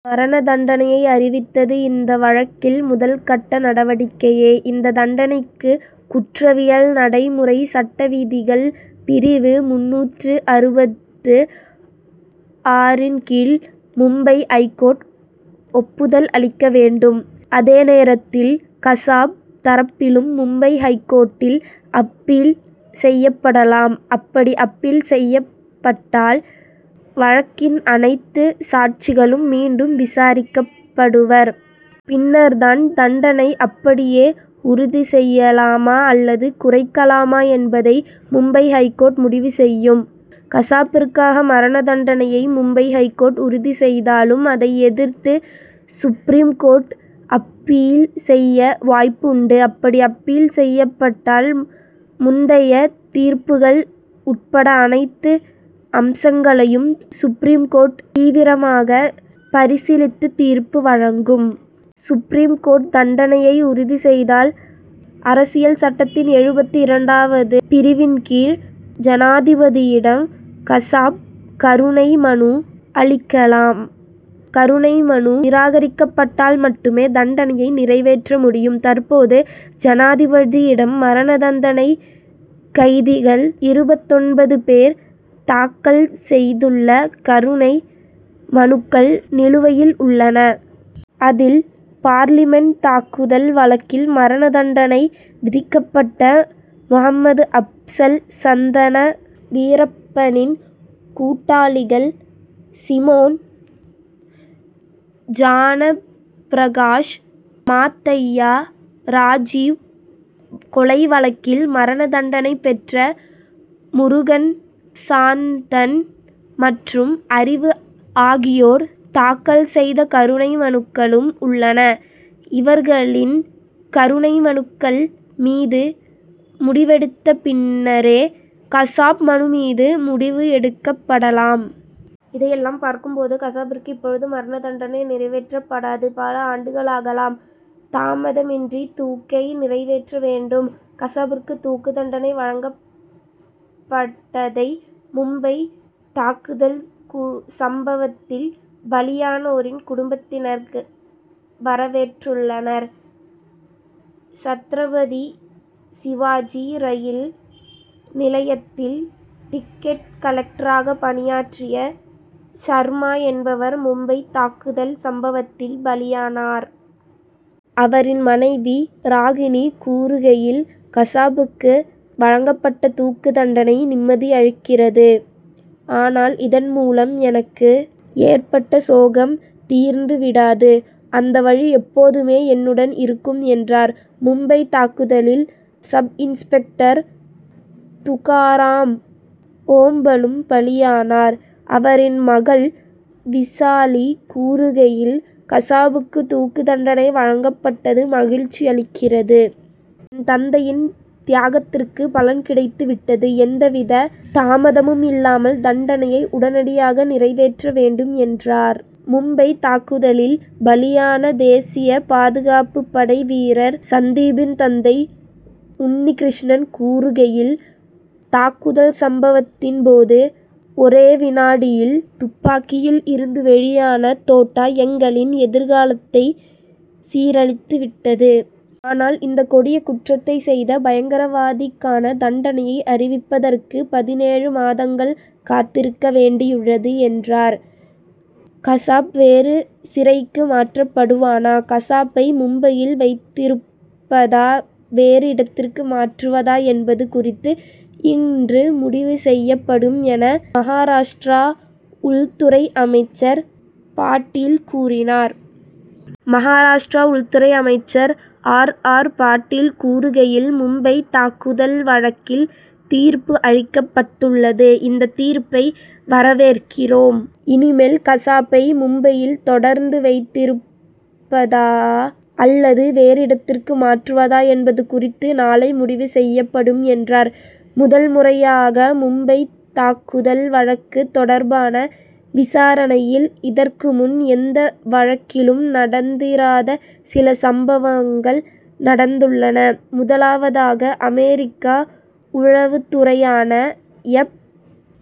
மரண தண்டனையை அறிவித்தது இந்த வழக்கில் முதல் கட்ட நடவடிக்கையே. இந்த தண்டனைக்கு குற்றவியல் நடைமுறை சட்ட விதிகள் பிரிவு முந்நூற்று அறுபத்து ஆறின் கீழ் மும்பை ஐகோர்ட் ஒப்புதல் அளிக்க வேண்டும். அதே நேரத்தில் கசாப் தரப்பிலும் மும்பை ஐகோர்ட்டில் அப்பீல் செய்யப்படலாம். அப்படி அப்பீல் செய்யப்பட்டால் வழக்கின் அனைத்து சாட்சிகளும் மீண்டும் விசாரிக்கப்படுவர். பின்னர் தான் தண்டனையை அப்படியே உறுதி செய்யலாமா அல்லது குறைக்கலாமா என்பதை மும்பை ஐகோர்ட் முடிவு செய்யும். கசாப்பிற்கான மரண தண்டனையை மும்பை ஐகோர்ட் உறுதி செய்தாலும் அதை எதிர்த்து சுப்ரீம் கோர்ட்டில் அப்பீல் செய்ய வாய்ப்பு உண்டு. அப்படி அப்பீல் செய்யப்பட்டால் முந்தைய தீர்ப்புகள் உட்பட அனைத்து அம்சங்களையும் சுப்ரீம் கோர்ட் தீவிரமாக பரிசீலித்து தீர்ப்பு வழங்கும். சுப்ரீம் கோர்ட்டும் தண்டனையை உறுதி செய்தால் அரசியல் சட்டத்தின் எழுபத்து இரண்டாவது பிரிவின் கீழ் ஜனாதிபதியிடம் கசாப் கருணை மனு அளிக்கலாம். கருணை மனு நிராகரிக்கப்பட்டால் மட்டுமே தண்டனையை நிறைவேற்ற முடியும். தற்போது ஜனாதிபதியிடம் மரண தண்டனை கைதிகள் இருபத்தொன்பது பேர் தாக்கல் செய்துள்ள கருணை மனுக்கள் நிலுவையில் உள்ளன. அதில் பார்லிமென்ட் தாக்குதல் வழக்கில் மரண தண்டனை விதிக்கப்பட்ட முகமது அப்சல் சந்தன வீரப்பனின் கூட்டாளிகள் சிமோன் ஞானபிரகாஷ் மாதய்யா ராஜிவ் கொலை வழக்கில் மரண தண்டனை பெற்ற முருகன் சாந்தன் மற்றும் அறிவு ஆகியோர் தாக்கல் செய்த கருணை மனுக்களும் உள்ளன. இவர்களின் கருணை மனுக்கள் மீது முடிவெடுத்த பின்னரே கசாப் மனு மீது முடிவு எடுக்கப்படலாம். இதையெல்லாம் பார்க்கும் போது கசாப்பிற்கு இப்போது மரண தண்டனை நிறைவேற்றப்படாது. பல ஆண்டுகளாகலாம். தாமதமின்றி தூக்கை நிறைவேற்ற வேண்டும் கசாபுக்கு தூக்கு தண்டனை வழங்கப்பட்டதை மும்பை தாக்குதல் சம்பவத்தில் பலியானோரின் குடும்பத்தினர் வரவேற்றுள்ளனர். சத்ரபதி சிவாஜி ரயில் நிலையத்தில் டிக்கெட் கலெக்டராக பணியாற்றிய சர்மா என்பவர் மும்பை தாக்குதல் சம்பவத்தில் பலியானார். அவரின் மனைவி ராகினி கூறுகையில் கசாபுக்கு வழங்கப்பட்ட தூக்கு தண்டனை நிம்மதி அளிக்கிறது. ஆனால் இதன்மூலம் எனக்கு ஏற்பட்ட சோகம் தீர்ந்து விடாது. அந்த வலி எப்போதுமே என்னுடன் இருக்கும் என்றார். மும்பை தாக்குதலில் சப் இன்ஸ்பெக்டர் துகாராம் ஓம்பலும் பலியானார். அவரின் மகள் விசாலி கூறுகையில் கசாபுக்கு தூக்கு தண்டனை வழங்கப்பட்டது மகிழ்ச்சி அளிக்கிறது. என் தந்தையின் தியாகத்துக்கு பலன் கிடைத்து விட்டது. எந்தவித தாமதமும் இல்லாமல் தண்டனையை உடனடியாக நிறைவேற்ற வேண்டும் என்றார். மும்பை தாக்குதலில் பலியான தேசிய பாதுகாப்பு படை வீரர் சந்தீப்பின் தந்தை உன்னி கிருஷ்ணன் கூறுகையில் தாக்குதல் சம்பவத்தின்போது ஒரே விநாடியில் துப்பாக்கியில் இருந்து வெளியான தோட்டா எங்களின் எதிர்காலத்தை சீரழித்து விட்டது. ஆனால் இந்த கொடிய குற்றத்தை செய்த பயங்கரவாதிக்கான தண்டனையை அறிவிப்பதற்கு பதினேழு மாதங்கள் காத்திருக்க வேண்டியுள்ளது என்றார். கசாப் வேறு சிறைக்கு மாற்றப்படுவானா கசாப்பை மும்பையில் வைத்திருப்பதா வேறு இடத்துக்கு மாற்றுவதா என்பது குறித்து இன்று முடிவு செய்யப்படும் என மகாராஷ்டிர உள்துறை அமைச்சர் பாட்டீல் கூறினார். மகாராஷ்டிரா உள்துறை அமைச்சர் ஆர். ஆர். பாட்டீல் கூறுகையில் மும்பைத் தாக்குதல் வழக்கில் தீர்ப்பு அளிக்கப்பட்டுள்ளது. இந்த தீர்ப்பை வரவேற்கிறோம். இனிமேல் கசாப்பை மும்பையில் தொடர்ந்து வைத்திருப்பதா அல்லது வேறு இடத்துக்கு மாற்றுவதா என்பது குறித்து நாளை முடிவு செய்யப்படும் என்றார். முதல் முறையாகமும்பைத் தாக்குதல் வழக்கு தொடர்பான விசாரணையில் இதற்குமுன் எந்த வழக்கிலும் நடந்திராத சில சம்பவங்கள் நடந்துள்ளன. முதலாவதாக அமெரிக்க உளவுத் துறையான எப்.